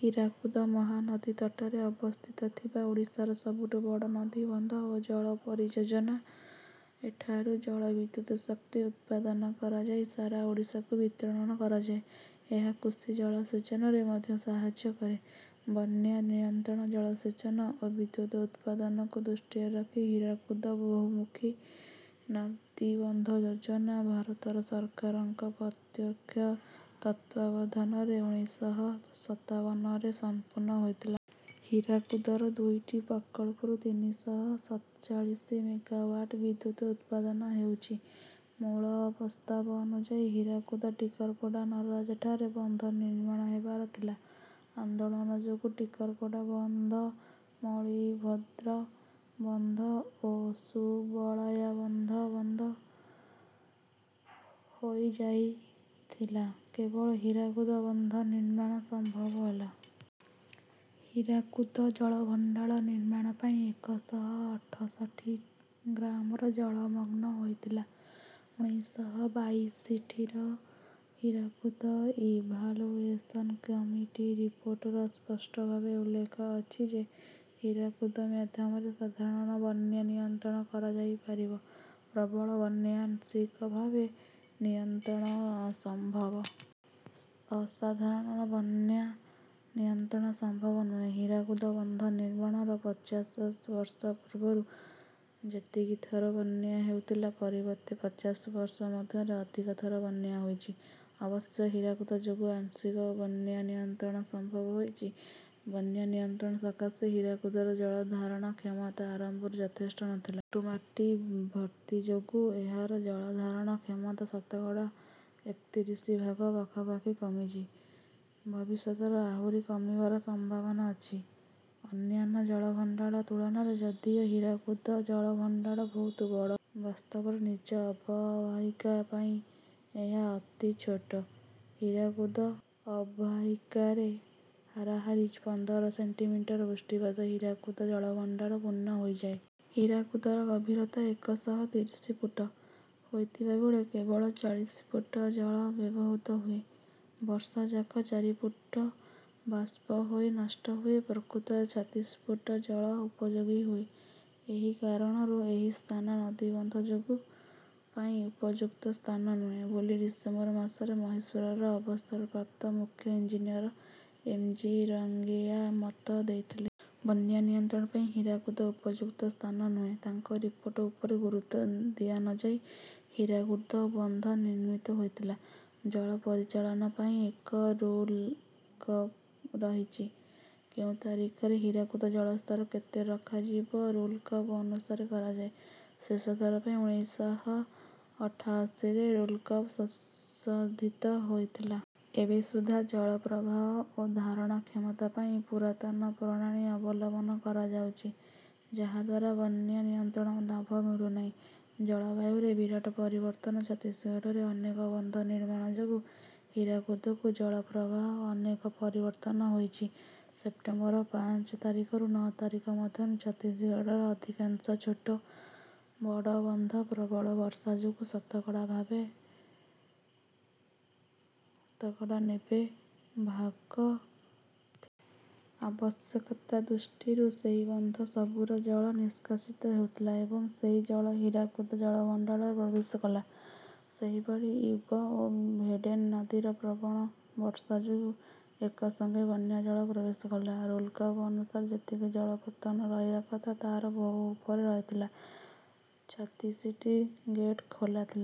ହୀରାକୁଦ ମହାନଦୀ ତଟରେ ଅବସ୍ଥିତଥିବା ଓଡ଼ିଶାର ସବୁଠୁ ବଡ଼ ନଦୀବନ୍ଧ ଓ ଜଳ ପରିଯୋଜନା। ଏଠାରୁ ଜଳ ବିଦ୍ୟୁତ ଶକ୍ତି ଉତ୍ପାଦନ କରାଯାଇ ସାରା ଓଡ଼ିଶାକୁ ବିତରଣ କରାଯାଏ। ଏହା କୃଷି ଜଳସେଚନରେ ମଧ୍ୟ ସାହାଯ୍ୟ କରେ। ବନ୍ୟା ନିୟନ୍ତ୍ରଣ ଜଳସେଚନ ଓ ବିଦ୍ୟୁତ ଉତ୍ପାଦନକୁ ଦୃଷ୍ଟିରେ ରଖି ହୀରାକୁଦ ବହୁମୁଖୀ ନଦୀବନ୍ଧ ଯୋଜନା ଭାରତ ସରକାରଙ୍କ ପ୍ରତ୍ୟକ୍ଷ ତତ୍ତ୍ୱାବଧାନରେ ଉଣେଇଶ ଶହ ସତାବନରେ ସମ୍ପୂର୍ଣ୍ଣ ହୋଇଥିଲା। ହୀରାକୁଦର ଦୁଇଟି ପ୍ରକଳ୍ପରୁ ତିନି ଶହ ସତଚାଳିଶ ମେଗାୱାଟ ବିଦ୍ୟୁତ ଉତ୍ପାଦନ ହେଉଛି। ମୂଳ ପ୍ରସ୍ତାବ ଅନୁଯାୟୀ ହୀରାକୁଦ ଟିକରପଡା ନରାଜଠାରେ ବନ୍ଧ ନିର୍ମାଣ ହେବାର ଥିଲା। ଆନ୍ଦୋଳନ ଯୋଗୁଁ ଟିକରପଡ଼ା ବନ୍ଧ ମଣିଭଦ୍ରା ବନ୍ଧ ଓ ସୁବଳୟା ବନ୍ଧ ବନ୍ଦ ହୋଇଯାଇଥିଲା। କେବଳ ହୀରାକୁଦ ବନ୍ଧ ନିର୍ମାଣ ସମ୍ଭବ ହେଲା। ହୀରାକୁଦ ଜଳଭଣ୍ଡାର ନିର୍ମାଣ ପାଇଁ ଏକ ଶହ ଅଠଷଠିଟି ଗ୍ରାମ ଜଳମଗ୍ନ ହେଇଥିଲା। ଉଣେଇଶ ଶହ ବାଷଠିର ହୀରାକୁଦ ଇଭାଲୁଏସନ କମିଟି ରିପୋର୍ଟରେ ସ୍ପଷ୍ଟଭାବେ ଉଲ୍ଲେଖ ଅଛି ଯେ ହୀରାକୁଦ ମାଧ୍ୟମରେ ସାଧାରଣ ବନ୍ୟା ନିୟନ୍ତ୍ରଣ କରାଯାଇପାରିବ। ପ୍ରବଳ ବନ୍ୟା ଆଂଶିକ ଭାବେ ନିୟନ୍ତ୍ରଣ ସମ୍ଭବ। ଅସାଧାରଣ ବନ୍ୟା ନିୟନ୍ତ୍ରଣ ସମ୍ଭବ ନୁହେଁ। ହୀରାକୁଦ ବନ୍ଧ ନିର୍ମାଣର ପଚାଶ ବର୍ଷ ପୂର୍ବରୁ ଯେତିକି ଥର ବନ୍ୟା ହେଉଥିଲା। ପରବର୍ତ୍ତୀ ପଚାଶ ବର୍ଷ ମଧ୍ୟରେ ଅଧିକ ଥର ବନ୍ୟା ହୋଇଛି। ଅବଶ୍ୟ ହୀରାକୁଦ ଯୋଗୁଁ ଆଂଶିକ ବନ୍ୟାନିୟନ୍ତ୍ରଣ ସମ୍ଭବ ହୋଇଛି। ବନ୍ୟାନିୟନ୍ତ୍ରଣ ସକାଶେ ହୀରାକୁଦର ଜଳ ଧାରଣ କ୍ଷମତା ଆରମ୍ଭରୁ ଯଥେଷ୍ଟ ନ ଥିଲା। ପଟୁମାଟି ଭର୍ତ୍ତି ଯୋଗୁଁ ଏହାର ଜଳ ଧାରଣ କ୍ଷମତା ଶତକଡା ଏକତିରିଶ ଭାଗ ପାଖାପାଖି କମିଛି। ଭବିଷ୍ୟତରେ ଆହୁରି କମିବାର ସମ୍ଭାବନା ଅଛି। ଅନ୍ୟାନ୍ୟ ଜଳଭଣ୍ଡାର ତୁଳନାରେ ଯଦିଓ ହୀରାକୁଦ ଜଳଭଣ୍ଡାର ବହୁତ ବଡ ବାସ୍ତବରେ ନିଜ ଅବବାହିକା ପାଇଁ ଏହା ଅତି ଛୋଟ। ହୀରାକୁଦ ଅବବାହିକାରେ ହାରାହାରି ପନ୍ଦର ସେଣ୍ଟିମିଟର ବୃଷ୍ଟିପାତରେ ହୀରାକୁଦ ଜଳଭଣ୍ଡାର ପୂର୍ଣ୍ଣ ହୋଇଯାଏ। ହୀରାକୁଦର ଗଭୀରତା ଏକ ଶହ ତିରିଶ ଫୁଟ ହୋଇଥିବାବେଳେ କେବଳ ଚାଳିଶ ଫୁଟ ଜଳ ବ୍ୟବହୃତ ହୁଏ। ବର୍ଷ ଯାକ ଚାରି ଫୁଟ ବାଷ୍ପ ହୋଇ ନଷ୍ଟ ହୁଏ। ପ୍ରକୃତରେ ଛତିଶ ଫୁଟ ଜଳ ଉପଯୋଗୀ ହୁଏ। ଏହି କାରଣରୁ ଏହି ସ୍ଥାନ ନଦୀବନ୍ଧ ଯୋଜନା ପାଇଁ ଉପଯୁକ୍ତ ସ୍ଥାନ ନୁହେଁ ବୋଲି ଡିସେମ୍ବରରେ ମହିଶୂରର ଅବସରପ୍ରାପ୍ତ ମୁଖ୍ୟ ଇଞ୍ଜିନିଅର ଏମ ଜି ରଙ୍ଗେୟା ମତ ଦେଇଥିଲେ। ବନ୍ୟା ନିୟନ୍ତ୍ରଣ ପାଇଁ ହୀରାକୁଦ ଉପଯୁକ୍ତ ସ୍ଥାନ ନୁହେଁ। ତାଙ୍କ ରିପୋର୍ଟ ଉପରେ ଗୁରୁତ୍ୱ ଦିଆନଯାଇ ହୀରାକୁଦ ବନ୍ଧ ନିର୍ମିତ ହୋଇଥିଲା। ଜଳ ପରିଚାଳନା ପାଇଁ ଏକ ରୁଲକର୍ଭ ରହିଛି। କେଉଁ ତାରିଖରେ ହୀରାକୁଦ ଜଳ ସ୍ତର କେତେ ରଖାଯିବ ରୁଲକର୍ଭ ଅନୁସାରେ କରାଯାଏ। ଶେଷଥର ପାଇଁ ଉଣେଇଶ ଶହ ଅଠାଅଶୀରେ ରୁଲକର୍ଭ ସଂଶୋଧିତ ହୋଇଥିଲା। ଏବେ ସୁଦ୍ଧା ଜଳ ପ୍ରବାହ ଓ ଧାରଣ କ୍ଷମତା ପାଇଁ ପୁରାତନ ପ୍ରଣାଳୀ ଅବଲମ୍ବନ କରାଯାଉଛି ଯାହାଦ୍ୱାରା ବନ୍ୟା ନିୟନ୍ତ୍ରଣରେ ଲାଭ ମିଳୁନାହିଁ। ଜଳବାୟୁରେ ବିରାଟ ପରିବର୍ତ୍ତନ ଛତିଶଗଡରେ ଅନେକ ବନ୍ଧ ନିର୍ମାଣ ଯୋଗୁଁ ହୀରାକୁଦକୁ ଜଳପ୍ରବାହରେ ଅନେକ ପରିବର୍ତ୍ତନ ହୋଇଛି। ସେପ୍ଟେମ୍ବର ପାଞ୍ଚ ତାରିଖରୁ ନଅ ତାରିଖ ମଧ୍ୟରେ ଛତିଶଗଡ଼ର ଅଧିକାଂଶ ଛୋଟ ବଡ ବନ୍ଧ ପ୍ରବଳ ବର୍ଷା ଯୋଗୁଁ ଶତକଡା ନବେ ଭାଗ ଭର୍ତ୍ତି ଥିଲା। ଆବଶ୍ୟକତା ଦୃଷ୍ଟିରୁ ସେହି ବନ୍ଧ ସବୁରୁ ଜଳ ନିଷ୍କାସିତ ହେଉଥିଲା। ଏବଂ ଏହି ଜଳ ହୀରାକୁଦ ଜଳଭଣ୍ଡାରରେ ପ୍ରବେଶ କଲା। ସେହିପରି ଇବ ଓ ଭେଡେନ ନଦୀରୁ ପ୍ରବଳ ବର୍ଷା ଯୋଗୁଁ ଏକ ସଙ୍ଗେ ବନ୍ୟା ଜଳ ପ୍ରବେଶ କଲା। ରୁଲକର୍ଭ ଅନୁସାରେ ଯେତିକି ଜଳପତ୍ତନ ରହିବା କଥା ତାହାର ବହୁ ଉପରେ ରହିଥିଲା। ଛତିଶଟି ଗେଟ ଖୋଲା ଥିଲା।